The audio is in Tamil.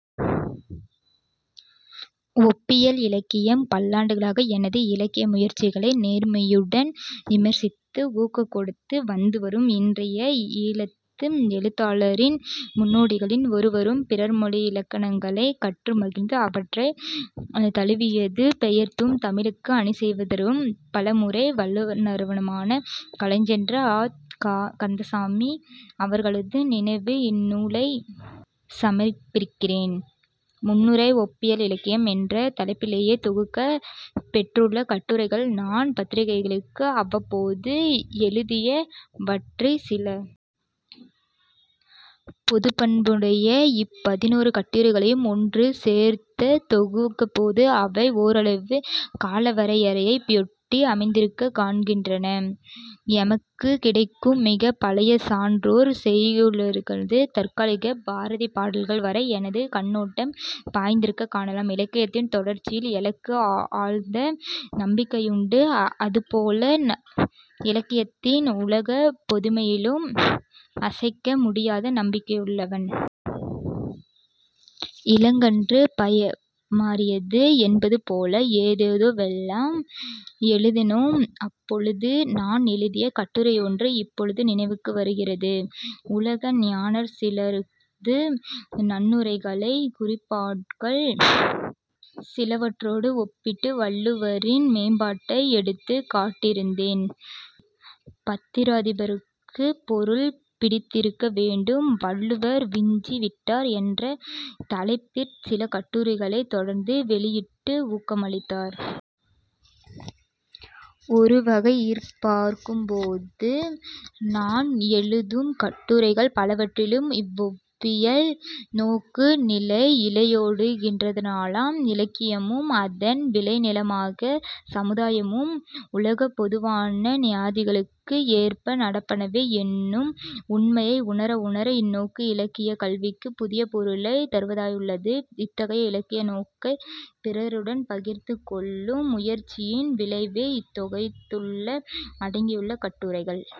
பல்லாண்டுகளாக எனது இலக்கிய முயற்சிகளை நேர்மையுடன் விமர்சித்து ஊக்கங் கொடுத்து வந்தவரும் இன்றைய ஈழத்து எழுத்தாளரின் முன்னோடிகளின் ஒருவரும் பிறர்மொழியிலக்கணங்களைக் கற்று மகிழ்ந்து அவற்றைத் தழுவியும் பெயர்த்தும் தமிழுக்கு அணிசெய்தவரும், பல துறை வல்லுநருமான காலஞ்சென்ற அ. ந. கந்தசாமி அவர்களது நினைவுக்கு இந்நூலைச் சமர்ப்பிக்கிறேன் முன்னுரை 'ஒப்பியல் இலக்கியம்' என்ற தலைப்பிலே தொகுக்கப் பெற்றுள்ள கட்டுரைகள் நான் பத்திரிகைகளுக்கு அவ்வப்போது எழுதியவற்றிற் சில. பொதுப்பண்புடைய இப்பதினொரு கட்டுரைகளையும் ஒன்று சேர்துதொகுத்தபோது அவை ஓரளவு காலவரையறையையொட்டி அமைந்திருக்கக் காண்கின்றன. எமக்குக் கிடைக்கும் மிகப் பழைய சான்றோர் செய்யுலிருந்து தற்காலப் பாரதி பாடல்கள் வரை எனது கண்ணோட்டம் பாய்ந்திருக்கக் காணலாம். இலக்கியத்தின் தொடர்ச்சியில் எனக்கு ஆழ்ந்த நம்பிக்கையுண்டு. அது போலவே இலக்கியத்தின் உலகப் பொதுமையிலும் அசைக்க முடியாத நம்பிக்கையுள்ளவன். இளங்கன்று பயமறியது என்பது போல ஏதேதோவெல்லாம் எழுதினோம். அப்பொழுது நான் எழுதிய கட்டுரையொன்று இப்பொழுது நினைவுக்கு வருகிறது. உலக ஞானர் சிலரது நல்லுரைகளைக் குறட்பாக்கள் சிலவற்றோடு ஒப்பிட்டு வள்ளுவரின் மேம்பாட்டை எடுத்துக் காட்டியிருந்தேன். பத்திராதிபருக்கு பொருள் பிடித்திருக்கவேண்டும்; 'வள்ளுவர் விஞ்சி விட்டார்' என்ற தலைப்பிற் சில கட்டுரைகளைத் தொடர்ந்து வௌியிட்டு ஊக்கமளித்தார். ஒருவகையிற் பார்க்கும் போது நான் எழுதும் கட்டுரைகள் பலவற்றிலும் இவ்வொப்பியல் நோக்கு நிலை இழையோடுகின்றதனாலாம். இலக்கியமும் அதன் விளை நிலமாகிய சமுதாயமும் உலகப்பொதுவான நியதிகளுக்கு ஏற்ப நடப்பனவே என்னும் உண்மையை உணர உணர இந்நோக்கு இலக்கியக் கல்விக்குப் புதிய பொருளைத் தருவதாயுள்ளது. இத்தகைய இலக்கிய நோக்கைப் பிறருடன் பகிர்ந்து கொள்ளும் முயற்சியின் விளைவே இத்தொகுதியுள்ள அடங்கியுள்ள கட்டுரைகள்.